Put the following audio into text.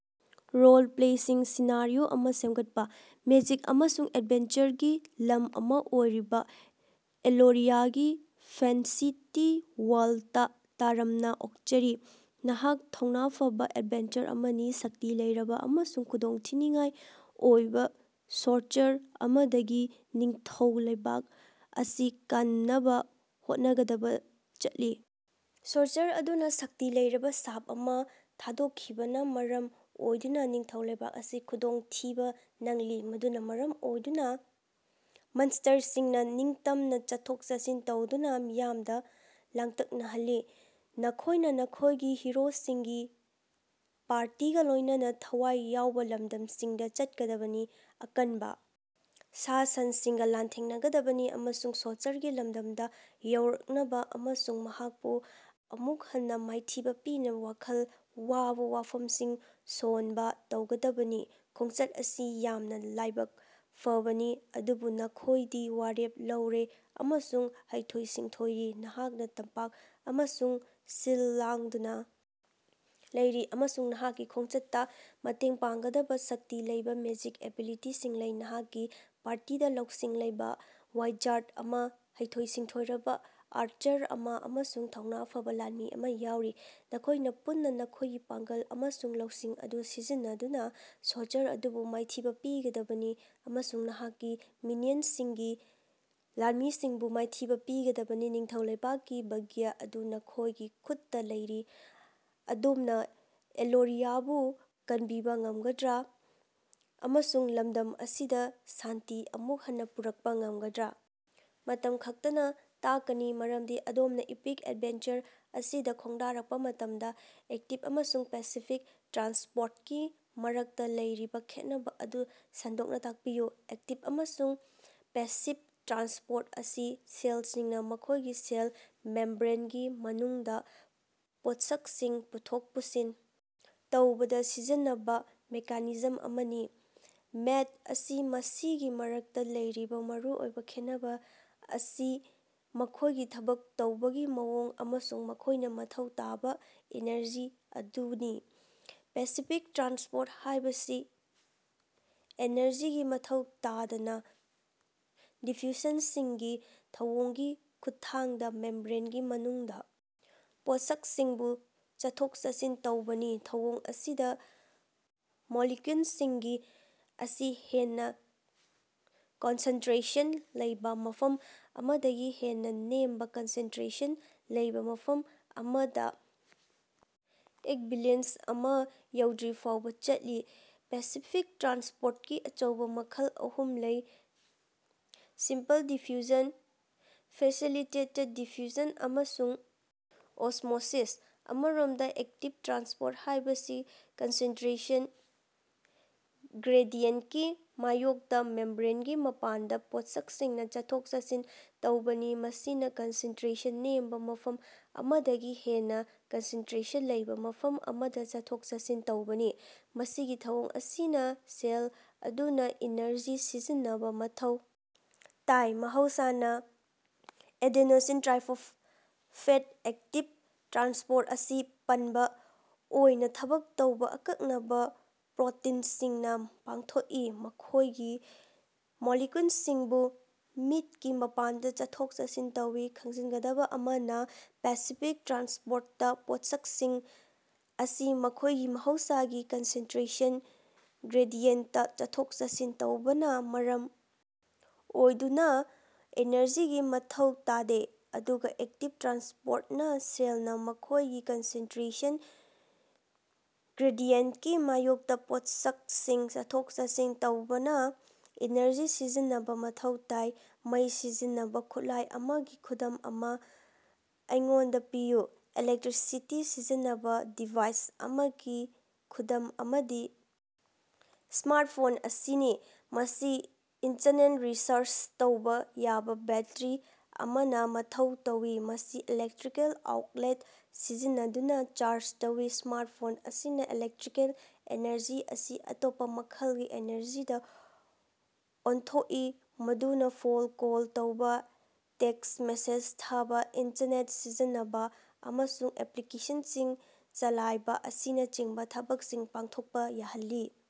Role-playing scenario ꯑꯃꯥ ꯁꯦꯃꯒꯠꯄꯥ꯫ Magic ꯑꯃꯁꯨꯡ ꯑꯦꯗꯚꯦꯟꯆꯔꯒꯤ ꯂꯝ ꯑꯃꯥ ꯑꯣꯏꯔꯤꯕꯥ ꯑꯦꯂꯣꯔꯤꯌꯥꯒꯤ ꯐꯦꯟꯁꯤꯇꯤ ꯋꯥꯔꯜꯗꯇꯥ ꯇꯔꯥꯝꯅꯥ ꯑꯣꯛꯆꯔꯤ꯫ ꯅꯍꯥꯛ ꯊꯧꯅꯥ ꯐꯕꯥ ꯑꯦꯗꯚꯦꯟꯆꯔ ꯑꯃꯅꯤ, ꯁꯛꯇꯤ ꯂꯩꯔꯕꯥ ꯑꯃꯁꯨꯡ ꯈꯨꯗꯣꯡꯊꯤꯅꯤꯡꯉꯥꯏ ꯑꯣꯏꯕꯥ ꯁꯣꯔꯁꯔ ꯑꯃꯗꯒꯤ ꯅꯤꯡꯊꯧ ꯂꯩꯕꯥꯛ ꯑꯁꯤ ꯀꯟꯅꯕꯥ ꯍꯣꯠꯅꯕꯗꯥ ꯆꯠꯂꯤ꯫ ꯁꯣꯔꯁꯔ ꯑꯗꯨꯅꯥ ꯁꯛꯇꯤ ꯂꯩꯔꯕꯥ ꯁꯥꯞ ꯑꯃꯥ ꯊꯥꯗꯣꯛꯈꯤꯕꯅ ꯃꯔꯝ ꯑꯣꯏꯗꯨꯅ ꯅꯤꯡꯊꯧ ꯂꯩꯕꯥꯛ ꯑꯁꯤ ꯈꯨꯗꯣꯡꯊꯤꯕꯥ ꯅꯪꯂꯤ, ꯃꯗꯨꯅ ꯃꯔꯝ ꯑꯣꯏꯗꯨꯅꯥ ꯃꯟꯁ꯭ꯇꯔꯁꯤꯡꯅ ꯅꯤꯡꯇꯝꯅ ꯆꯠꯊꯣꯛ-ꯆꯠꯁꯤꯟ ꯇꯧꯗꯨꯅ ꯃꯤꯌꯥꯝꯗꯥ ꯂꯥꯡꯇꯛꯅꯍꯜꯂꯤ꯫ ꯅꯈꯣꯏꯅ ꯅꯈꯣꯏꯒꯤ ꯍꯤꯔꯣꯁꯤꯡꯒꯤ ꯄꯥꯔꯇꯤꯒ ꯂꯣꯏꯅꯅꯥ ꯊꯋꯥꯏ ꯌꯥꯎꯕ ꯂꯝꯗꯝꯁꯤꯡꯗꯥ ꯆꯠꯀꯗꯕꯅꯤ, ꯑꯀꯟꯕ ꯁꯥ-ꯁꯟꯁꯤꯡꯒ ꯂꯥꯟꯊꯦꯡꯅꯒꯗꯕꯅꯤ ꯑꯃꯁꯨꯡ ꯁꯣꯔꯁꯔꯒꯤ ꯂꯝꯗꯝꯗ ꯌꯧꯔꯛꯅꯕ ꯑꯃꯁꯨꯡ ꯃꯍꯥꯛꯄꯨ ꯑꯃꯨꯛ ꯍꯟꯅꯥ ꯃꯥꯏꯊꯤꯕꯥ ꯄꯤꯅꯕ ꯋꯥꯈꯜ ꯋꯥꯕ ꯋꯥꯐꯝꯁꯤꯡ ꯁꯣꯜꯕ ꯇꯧꯒꯗꯕꯅꯤ꯫ ꯈꯣꯡꯆꯠ ꯑꯁꯤ ꯌꯥꯝꯅ ꯂꯥꯏꯕꯛ ꯐꯕꯅꯤ, ꯑꯗꯨꯕꯨ ꯅꯈꯣꯏꯗꯤ ꯋꯥꯔꯦꯞ ꯂꯧꯔꯦ ꯑꯃꯁꯨꯡ ꯍꯩꯊꯣꯏ-ꯁꯤꯡꯊꯣꯏꯔꯤ꯫ ꯅꯍꯥꯛꯅ ꯇꯝꯄꯥꯛ ꯑꯃꯁꯨꯡ ꯁꯤꯜ ꯂꯥꯡꯗꯨꯅ ꯂꯩꯔꯤ, ꯑꯃꯁꯨꯡ ꯅꯍꯥꯛꯀꯤ ꯈꯣꯡꯆꯠꯇꯥ ꯃꯇꯦꯡ ꯄꯥꯡꯒꯗꯕ ꯁꯛꯇꯤ ꯂꯩꯕ ꯃꯦꯖꯤꯛ ꯑꯦꯕꯤꯂꯤꯇꯤꯁꯤꯡ ꯂꯩ꯫ ꯅꯍꯥꯛꯀꯤ ꯄꯥꯔꯇꯤꯗ ꯂꯧꯁꯤꯡ ꯂꯩꯕ ꯋꯥꯏꯖꯥꯔꯗ ꯑꯃꯥ, ꯍꯩꯊꯣꯏ-ꯁꯤꯡꯊꯣꯏꯔꯕ ꯑꯥꯔꯆꯔ ꯑꯃꯥ ꯑꯃꯁꯨꯡ ꯊꯧꯅꯥ ꯐꯕꯥ ꯂꯥꯟꯃꯤ ꯑꯃꯥ ꯌꯥꯎꯔꯤ꯫ ꯅꯈꯣꯏꯅ ꯄꯨꯟꯅꯥ ꯅꯈꯣꯏꯒꯤ ꯄꯥꯡꯒꯜ ꯑꯃꯁꯨꯡ ꯂꯧꯁꯤꯡ ꯑꯗꯨ ꯁꯤꯖꯤꯟꯅꯗꯨꯅ ꯁꯣꯔꯁꯔ ꯑꯗꯨꯕꯨ ꯃꯥꯏꯊꯤꯕ ꯄꯤꯒꯗꯕꯅꯤ ꯑꯃꯁꯨꯡ ꯃꯍꯥꯛꯀꯤ ꯃꯤꯅꯤꯌꯟꯁꯤꯡꯒꯤ ꯂꯥꯟꯃꯤꯁꯤꯡꯕꯨ ꯃꯥꯏꯊꯤꯕ ꯄꯤꯒꯗꯕꯅꯤ꯫ ꯅꯤꯡꯊꯧ ꯂꯩꯕꯥꯛꯀꯤ ꯚꯥꯒ꯭ꯌ ꯑꯗꯨ ꯅꯈꯣꯏꯒꯤ ꯈꯨꯠꯇꯥ ꯂꯩꯔꯤ꯫ ꯑꯗꯣꯝꯅ ꯑꯦꯂꯣꯔꯤꯌꯥꯕꯨ ꯀꯟꯕꯤꯕꯥ ꯉꯝꯒꯗ꯭ꯔꯥ ꯑꯃꯁꯨꯡ ꯂꯝꯗꯝ ꯑꯁꯤꯗ ꯁꯥꯟꯇꯤ ꯑꯃꯨꯛ ꯍꯟꯅꯥ ꯄꯨꯔꯛꯄꯥ ꯉꯝꯒꯗ꯭ꯔꯥ? ꯃꯇꯝ ꯈꯛꯇꯅꯥ ꯇꯥꯛꯀꯅꯤ, ꯃꯔꯝꯗꯤ ꯑꯗꯣꯝꯅꯥ ꯏꯄꯤꯛ ꯑꯦꯗꯚꯦꯟꯆꯔ ꯑꯁꯤꯗꯥ ꯈꯣꯡꯗꯥꯔꯛꯄꯥ ꯃꯇꯝꯗꯥ꯫ ꯑꯦꯛꯇꯤꯕ ꯑꯃꯁꯨꯡ ꯄꯦꯁꯤꯐꯤꯛ ꯇ꯭ꯔꯥꯟꯁꯄꯣꯔꯇꯀꯤ ꯃꯔꯛꯇꯥ ꯂꯩꯔꯤꯕꯥ ꯈꯦꯠꯅꯕꯥ ꯑꯗꯨ ꯁꯟꯗꯣꯛꯅꯥ ꯇꯥꯛꯄꯤꯌꯨ꯫ ꯑꯦꯛꯇꯤꯕ ꯑꯃꯁꯨꯡ ꯄꯦꯁꯤꯕ ꯇ꯭ꯔꯥꯟꯁꯄꯣꯔꯠ ꯑꯁꯤ ꯁꯦꯜꯁꯤꯡꯅꯥ ꯃꯈꯣꯏꯒꯤ ꯁꯦꯜ ꯃꯦꯝꯕ꯭ꯔꯦꯟꯒꯤ ꯃꯅꯨꯡꯗ ꯄꯣꯠꯁꯛꯁꯤꯡ ꯄꯨꯊꯣꯛ ꯄꯨꯁꯤꯟ ꯇꯧꯕꯗ ꯁꯤꯖꯤꯟꯅꯕ ꯃꯦꯀꯥꯅꯤꯖꯝ ꯑꯅꯤꯅꯤ꯫ ꯃꯦꯊꯗ ꯑꯅꯤ ꯑꯁꯤꯒꯤ ꯃꯔꯛꯇꯥ ꯂꯩꯔꯤꯕꯥ ꯃꯔꯨꯑꯣꯏꯕ ꯈꯦꯠꯅꯕ ꯑꯁꯤ ꯃꯈꯣꯏꯒꯤ ꯊꯕꯛ ꯇꯧꯕꯒꯤ ꯃꯑꯣꯡ ꯑꯃꯁꯨꯡ ꯃꯈꯣꯏꯅꯥ ꯃꯊꯧ ꯇꯥꯕꯥ ꯏꯅꯔꯖꯤ ꯑꯗꯨꯅꯤ꯫ ꯄꯦꯁꯤꯐꯤꯛ ꯇ꯭ꯔꯥꯟꯁꯄꯣꯔꯠ ꯍꯥꯏꯕꯁꯤ ꯑꯦꯅꯔꯖꯤꯒꯤ ꯃꯊꯧ ꯇꯥꯗꯅ, ꯗꯤꯐ꯭ꯌꯨꯁꯟꯒꯤ ꯊꯧꯑꯣꯡꯒꯤ ꯈꯨꯠꯊꯥꯡꯗ ꯃꯦꯝꯕ꯭ꯔꯦꯟꯒꯤ ꯃꯅꯨꯡꯗ ꯄꯣꯠꯁꯛꯁꯤꯡꯕꯨ ꯆꯠꯊꯣꯛ-ꯆꯠꯁꯤꯟ ꯇꯧꯕꯅꯤ꯫ ꯊꯧꯑꯣꯡ ꯑꯁꯤꯗꯥ ꯃꯣꯂꯤꯀꯌꯨꯜꯁꯤꯡ ꯑꯁꯤ ꯍꯦꯟꯅ ꯀꯟꯁꯦꯟꯇꯔꯦꯁꯟ ꯂꯩꯕꯥ ꯃꯐꯝ ꯑꯃꯗꯒꯤ ꯍꯦꯟꯅꯥ ꯅꯦꯝꯕꯥ ꯀꯟꯁꯦꯟꯇꯔꯦꯁꯟ ꯂꯩꯕꯥ ꯃꯐꯝ ꯑꯃꯗꯥ ꯏꯛꯕꯤꯂꯤꯑꯦꯟꯁ ꯑꯃꯥ ꯌꯧꯗ꯭ꯔꯤꯐꯥꯎꯕꯥ ꯆꯠꯂꯤ꯫ ꯄꯦꯁꯤꯐꯤꯛ ꯇ꯭ꯔꯥꯟꯁꯄꯣꯔꯇꯀꯤ ꯑꯆꯧꯕꯥ ꯃꯈꯜ ꯑꯍꯨꯝ ꯂꯩ: ꯁꯤꯝꯄꯜ ꯗꯤꯐ꯭ꯌꯨꯁꯟ, ꯐꯦꯁꯤꯂꯤꯇꯦꯇꯦꯗ ꯗꯤꯐ꯭ꯌꯨꯁꯟ ꯑꯃꯁꯨꯡ ꯑꯣꯁ꯭ꯃꯣꯁꯤꯁ꯫ ꯑꯃꯔꯣꯝꯗ, ꯑꯦꯛꯇꯤꯕ ꯇ꯭ꯔꯥꯟꯁꯄꯣꯔꯠ ꯍꯥꯏꯕꯁꯤ ꯀꯟꯁꯦꯟꯇꯔꯦꯁꯟ ꯒ꯭ꯔꯦꯗꯤꯌꯦꯟꯇꯀꯤ ꯃꯥꯌꯣꯛꯇꯥ ꯃꯦꯝꯕ꯭ꯔꯦꯟꯒꯤ ꯃꯄꯥꯟꯗ ꯄꯣꯠꯁꯛꯁꯤꯡꯅꯥ ꯆꯠꯊꯣꯛ-ꯆꯠꯁꯤꯟ ꯇꯧꯕꯅꯤ, ꯃꯁꯤꯅꯥ ꯀꯟꯁꯦꯟꯇꯔꯦꯁꯟ ꯅꯦꯝꯕ ꯃꯐꯝ ꯑꯃꯗꯒꯤ ꯍꯦꯟꯅ ꯀꯟꯁꯦꯟꯇꯔꯦꯁꯟ ꯂꯩꯕꯥ ꯃꯐꯝ ꯑꯃꯗꯥ ꯆꯠꯊꯣꯛ-ꯆꯠꯁꯤꯟ ꯇꯧꯕꯅꯤ꯫ ꯃꯁꯤꯒꯤ ꯊꯧꯑꯣꯡ ꯑꯁꯤꯅꯥ ꯁꯦꯜ ꯑꯗꯨꯅꯥ ꯏꯅꯔꯖꯤ ꯁꯤꯖꯤꯟꯅꯕꯥ ꯃꯊꯧ ꯇꯥꯏ, ꯃꯍꯧꯁꯥꯅꯥ ꯑꯦꯗ‌ꯦꯅ‌ꯣꯁꯤꯟ ꯇꯔꯥꯏꯐ‌ꯣꯁꯐ‌ꯦꯠ ꯑꯦꯛꯇꯤꯕ ꯇ꯭ꯔꯥꯟꯁꯄꯣꯔꯠ ꯑꯁꯤ ꯄꯝꯞ ꯑꯣꯏꯅ ꯊꯕꯛ ꯇꯧꯕ ꯑꯀꯛꯅꯕ ꯄ꯭ꯔꯣꯇꯤꯟꯁꯤꯡꯅ ꯄꯥꯡꯊꯣꯛꯏ, ꯃꯈꯣꯏꯅ ꯃꯣꯂꯤꯀꯌꯨꯜꯁꯤꯡꯕꯨ ꯃꯤꯠꯀꯤ ꯃꯄꯥꯟꯗ ꯆꯠꯊꯣꯛ-ꯆꯠꯁꯤꯟ ꯇꯧꯏ꯫ ꯈꯪꯖꯤꯟꯒꯗꯕꯥ ꯑꯃꯅꯥ, ꯄꯦꯁꯤꯐꯤꯛ ꯇ꯭ꯔꯥꯟꯁꯄꯣꯔꯇꯇꯥ ꯄꯣꯠꯁꯛꯁꯤꯡ ꯑꯁꯤ ꯃꯈꯣꯏꯒꯤ ꯃꯍꯧꯁꯥꯒꯤ ꯀꯟꯁꯦꯟꯇꯔꯦꯁꯟ ꯒ꯭ꯔꯦꯗꯤꯌꯦꯟꯇꯇꯥ ꯆꯠꯊꯣꯛ-ꯆꯠꯁꯤꯟ ꯇꯧꯕꯅꯥ ꯃꯔꯝ ꯑꯣꯏꯗꯨꯅꯥ ꯏꯅꯔꯖꯤꯒꯤ ꯃꯊꯧ ꯇꯥꯗꯦ, ꯑꯗꯨꯒꯥ ꯑꯦꯛꯇꯤꯕ ꯇ꯭ꯔꯥꯟꯁꯄꯣꯔꯇꯅꯥ ꯁꯦꯜꯅꯥ ꯃꯈꯣꯏꯒꯤ ꯀꯟꯁꯦꯟꯇꯔꯦꯁꯟ ꯒ꯭ꯔꯦꯗꯤꯌꯦꯟꯇꯀꯤ ꯃꯥꯌꯣꯛꯇꯥ ꯄꯣꯠꯁꯛꯁꯤꯡ ꯆꯠꯊꯣꯛ-ꯆꯠꯁꯤꯟ ꯇꯧꯅꯕꯥ ꯏꯅꯔꯖꯤ ꯁꯤꯖꯤꯟꯅꯕ ꯃꯊꯧ ꯇꯥꯏ꯫ ꯃꯩ ꯁꯤꯖꯤꯟꯅꯕꯥ ꯈꯨꯠꯂꯥꯏ ꯑꯃꯒꯤ ꯈꯨꯗꯝ ꯑꯃꯥ ꯑꯩꯉꯣꯟꯗꯥ ꯄꯤꯌꯨ꯫ ꯏꯂꯦꯛꯇꯔꯤꯁꯤꯇꯤ ꯁꯤꯖꯤꯟꯅꯕ ꯗꯤꯚꯥꯏꯁ ꯑꯃꯒꯤ ꯈꯨꯗꯝ ꯑꯃꯗꯤ ꯁ꯭ꯃꯥꯔꯠꯐꯣꯟ ꯑꯁꯤꯅꯤ꯫ ꯃꯁꯤ ꯏꯟꯇꯔꯅꯦꯜ ꯔꯤꯆꯥꯔꯖ ꯇꯧꯕ ꯌꯥꯕꯥ ꯕꯦꯠꯇꯔꯤ ꯑꯃꯅ ꯃꯊꯧ ꯇꯧꯏ, ꯃꯁꯤ ꯏꯂꯦꯛꯇꯔꯤꯀꯦꯜ ꯑꯥꯎꯠꯂꯦꯠ ꯁꯤꯖꯤꯟꯅꯗꯨꯅ ꯆꯥꯔꯖ ꯇꯧꯏ꯫ ꯁ꯭ꯃꯥꯔꯠꯐꯣꯟ ꯑꯁꯤꯅꯥ ꯏꯂꯦꯛꯇꯔꯤꯀꯦꯜ ꯑꯦꯅꯔꯖꯤ ꯑꯁꯤ ꯑꯇꯣꯞꯄ ꯃꯈꯜꯒꯤ ꯑꯦꯅꯔꯖꯤꯗ ꯑꯣꯟꯊꯣꯛꯏ ꯃꯗꯨꯅ ꯐꯣꯟ ꯀꯣꯜ ꯇꯧꯕꯥ, ꯇꯦꯛꯁ ꯃꯦꯁꯦꯖ ꯊꯥꯕꯥ, ꯏꯟꯇꯔꯅꯦꯠ ꯁꯤꯖꯤꯟꯅꯕꯥ, ꯑꯃꯁꯨꯡ ꯑꯦꯄꯂꯤꯀꯦꯁꯟꯁꯤꯡ ꯆꯂꯥꯏꯕ ꯑꯁꯤꯅꯆꯤꯡꯕ ꯊꯕꯛꯁꯤꯡ ꯄꯥꯡꯊꯣꯛꯄꯥ ꯌꯥꯍꯜꯂꯤ꯫।